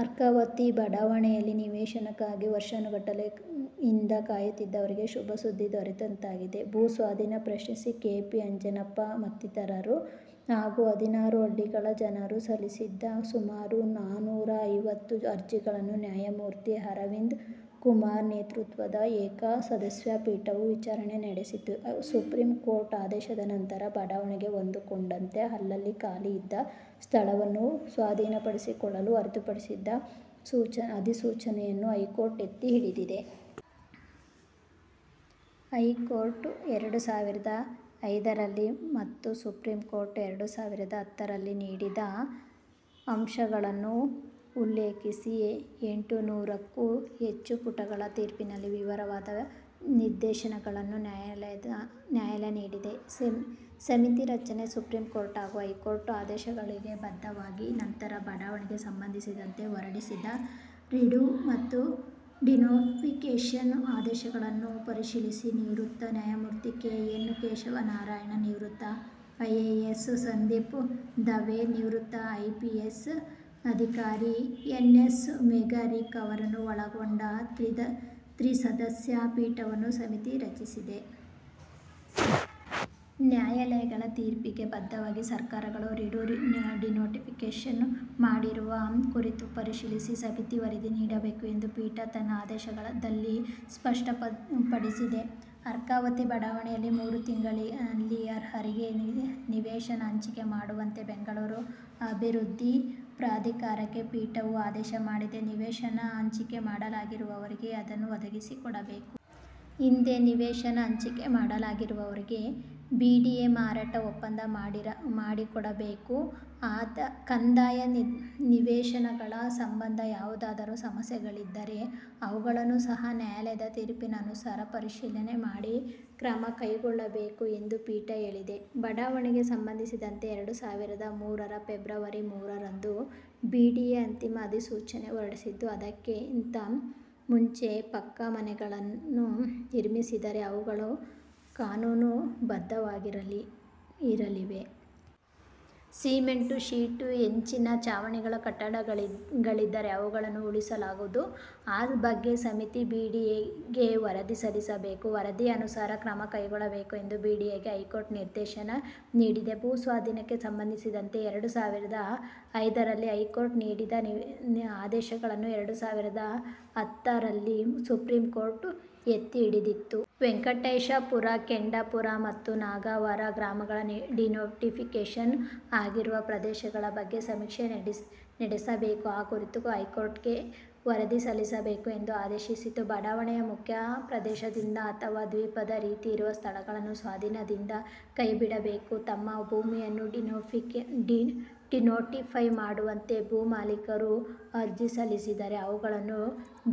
ಅರ್ಕಾವತಿ ಬಡಾವಣೆಯಲ್ಲಿ ನಿವೇಶನಕ್ಕಾಗಿ ವರ್ಷಾನುಗಟ್ಟಲೆಯಿಂದ ಕಾಯುತ್ತಿದ್ದವರಿಗೆ ಶುಭ ಸುದ್ದಿ ದೊರೆತಂತಾಗಿದೆ. ಭೂಸ್ವಾಧೀನ ಪ್ರಶ್ನಿಸಿ ಕೆ ಪಿ ಅಂಜನಪ್ಪ ಮತ್ತಿತರರು ಹಾಗೂ ಹದಿನಾರು ಹಳ್ಳಿಗಳ ಜನರು ಸಲ್ಲಿಸಿದ್ದ ಸುಮಾರು ನಾನೂರಾ ಐವತ್ತು ಅರ್ಜಿಗಳನ್ನು ನ್ಯಾಯಮೂರ್ತಿ ಅರವಿಂದ್ ಕುಮಾರ್ ನೇತೃತ್ವದ ಏಕಸದಸ್ಯ ಪೀಠವು ವಿಚಾರಣೆ ನಡೆಸಿತ್ತು. ಸುಪ್ರೀಂಕೋರ್ಟ್ ಆದೇಶದ ನಂತರ ಬಡಾವಣೆಗೆ ಹೊಂದಿಕೊಂಡಂತೆ ಅಲ್ಲಲ್ಲಿ ಖಾಲಿ ಇದ್ದ ಸ್ಥಳವನ್ನು ಸ್ವಾಧೀನಪಡಿಸಿಕೊಳ್ಳಲು ಹೊರಡಿಸಿದ್ದ ಅಧಿಸೂಚನೆಯನ್ನು ಹೈಕೋರ್ಟ್ ಎತ್ತಿಹಿಡಿದಿದೆ. ಹೈಕೋರ್ಟ್ ಎರಡು ಸಾವಿರದ ಐದರಲ್ಲಿ ಮತ್ತು ಸುಪ್ರೀಂಕೋರ್ಟ್ ಎರಡು ಸಾವಿರದ ಹತ್ತರಲ್ಲಿ ನೀಡಿದ್ದ ಅಂಶಗಳನ್ನು ಉಲ್ಲೇಖಿಸಿ ಎಂಟುನೂರಕ್ಕೂ ಹೆಚ್ಚು ಪುಟಗಳ ತೀರ್ಪಿನಲ್ಲಿ ವಿವರವಾದ ನಿರ್ದೇಶನಗಳನ್ನು ನ್ಯಾಯಾಲಯ ನೀಡಿದೆ. ಸಮಿತಿ ರಚನೆ ಸುಪ್ರೀಂ ಕೋರ್ಟ್ ಹಾಗೂ ಹೈಕೋರ್ಟ್ ಆದೇಶಗಳಿಗೆ ಬದ್ಧವಾಗಿ ನಂತರ ಬಡಾವಣೆಗೆ ಸಂಬಂಧಿಸಿದಂತೆ ಹೊರಡಿಸಿದ್ದ ರಿಡೂ ಮತ್ತು ಡಿನೋಟಿಫಿಕೇಷನ್ ಆದೇಶಗಳನ್ನು ಪರಿಶೀಲಿಸಲು ನಿವೃತ್ತ ನ್ಯಾಯಮೂರ್ತಿ ಕೆ ಎನ್ ಕೇಶವನಾರಾಯಣ, ನಿವೃತ್ತ ಐಎಎಸ್ ಸಂದೀಪ್ ದವೆ, ನಿವೃತ್ತ ಐಪಿಎಸ್ ಅಧಿಕಾರಿ ಎನ್ ಎಸ್ ಮೇಘರಿಕ್ ಅವರನ್ನು ಒಳಗೊಂಡ ತ್ರಿಸದಸ್ಯ ಪೀಠವನ್ನು ಸಮಿತಿಯ ರಚಿಸಿದೆ. ನ್ಯಾಯಾಲಯಗಳ ತೀರ್ಪಿಗೆ ಬದ್ದವಾಗಿ ಸರ್ಕಾರಗಳು ರಿಡೂ, ಡಿನೋಟಿಫಿಕೇಷನ್ ಮಾಡಿರುವ ಕುರಿತು ಪರಿಶೀಲಿಸಿ ಸಮಿತಿ ವರದಿ ನೀಡಬೇಕು ಎಂದು ಪೀಠ ತನ್ನ ಆದೇಶದಲ್ಲಿ ಸ್ಪಷ್ಟಪಡಿಸಿದೆ. ಅರ್ಕಾವತಿ ಬಡಾವಣೆಯಲ್ಲಿ ಮೂರು ತಿಂಗಳಲ್ಲಿ ಅರ್ಹರಿಗೆ ನಿವೇಶನ ಹಂಚಿಕೆ ಮಾಡುವಂತೆ ಬೆಂಗಳೂರು ಅಭಿವೃದ್ಧಿ ಪ್ರಾಧಿಕಾರಕ್ಕೆ ಪೀಠವು ಆದೇಶ ಮಾಡಿದೆ. ನಿವೇಶನ ಹಂಚಿಕೆ ಮಾಡಲಾಗಿರುವವರಿಗೆ ಅದನ್ನು ಒದಗಿಸಿಕೊಡಬೇಕು. ಹಿಂದೆ ನಿವೇಶನ ಹಂಚಿಕೆ ಮಾಡಲಾಗಿರುವವರಿಗೆ ಬಿಡಿಎ ಮಾರಾಟ ಒಪ್ಪಂದ ಮಾಡಿಕೊಡಬೇಕು. ಕಂದಾಯ ನಿವೇಶನಗಳ ಸಂಬಂಧ ಯಾವುದಾದರೂ ಸಮಸ್ಯೆಗಳಿದ್ದರೆ ಅವುಗಳನ್ನೂ ಸಹ ನ್ಯಾಯಾಲಯದ ತೀರ್ಪಿನ ಅನುಸಾರ ಪರಿಶೀಲನೆ ಮಾಡಿ ಕ್ರಮ ಕೈಗೊಳ್ಳಬೇಕು ಎಂದು ಪೀಠ ಹೇಳಿದೆ. ಬಡಾವಣೆಗೆ ಸಂಬಂಧಿಸಿದಂತೆ ಎರಡು ಸಾವಿರದ ಮೂರರ ಫೆಬ್ರುವರಿ ಮೂರರಂದು ಬಿಡಿಎ ಅಂತಿಮ ಅಧಿಸೂಚನೆ ಹೊರಡಿಸಿದ್ದು, ಅದಕ್ಕಿಂತ ಮುಂಚೆ ಪಕ್ಕಾ ಮನೆಗಳನ್ನು ನಿರ್ಮಿಸಿದ್ದರೆ ಅವುಗಳು ಕಾನೂನು ಬದ್ಧವಾಗಿರಲಿವೆ. ಸಿಮೆಂಟ್ ಶೀಟ್, ಹೆಂಚಿನ ಚಾವಣಿಗಳ ಕಟ್ಟಡಗಳಿದ್ದರೆ ಅವುಗಳನ್ನು ಉಳಿಸಲಾಗದು. ಆ ಬಗ್ಗೆ ಸಮಿತಿ ಬಿಡಿಎಗೆ ವರದಿ ಸಲ್ಲಿಸಬೇಕು. ವರದಿಯ ಅನುಸಾರ ಕ್ರಮ ಕೈಗೊಳ್ಳಬೇಕು ಎಂದು ಬಿಡಿಎಗೆ ಹೈಕೋರ್ಟ್ ನಿರ್ದೇಶನ ನೀಡಿದೆ. ಭೂಸ್ವಾಧೀನಕ್ಕೆ ಸಂಬಂಧಿಸಿದಂತೆ ಎರಡು ಸಾವಿರದ ಐದರಲ್ಲಿ ಹೈಕೋರ್ಟ್ ನೀಡಿದ್ದ ಆದೇಶವನ್ನು ಎರಡು ಸಾವಿರದ ಹತ್ತರಲ್ಲಿ ಸುಪ್ರೀಂಕೋರ್ಟ್ ಎತ್ತಿ ಹಿಡಿದಿತ್ತು. ವೆಂಕಟೇಶಪುರ, ಕೆಂಪಾಪುರ ಮತ್ತು ನಾಗಾವಾರ ಗ್ರಾಮಗಳ ಡಿನೋಟಿಫಿಕೇಷನ್ ಆಗಿರುವ ಪ್ರದೇಶಗಳ ಬಗ್ಗೆ ಸಮೀಕ್ಷೆ ನಡೆಸಬೇಕು. ಆ ಕುರಿತು ಹೈಕೋರ್ಟ್ಗೆ ವರದಿ ಸಲ್ಲಿಸಬೇಕು ಎಂದು ಆದೇಶಿಸಿತ್ತು. ಬಡಾವಣೆಯ ಮುಖ್ಯ ಪ್ರದೇಶದಿಂದ ಅಥವಾ ದ್ವೀಪದ ರೀತಿ ಇರುವ ಸ್ಥಳಗಳನ್ನು ಸ್ವಾಧೀನದಿಂದ ಕೈ ಬಿಡಬೇಕು. ತಮ್ಮ ಭೂಮಿಯನ್ನೂ ಡಿನೋಟಿಫೈ ಮಾಡುವಂತೆ ಭೂ ಮಾಲೀಕರು ಅರ್ಜಿ ಸಲ್ಲಿಸಿದರೆ ಅವುಗಳನ್ನು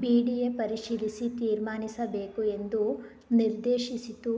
ಬಿಡಿಎ ಪರಿಶೀಲಿಸಿ ತೀರ್ಮಾನಿಸಬೇಕು ಎಂದು ನಿರ್ದೇಶಿಸಿತ್ತು.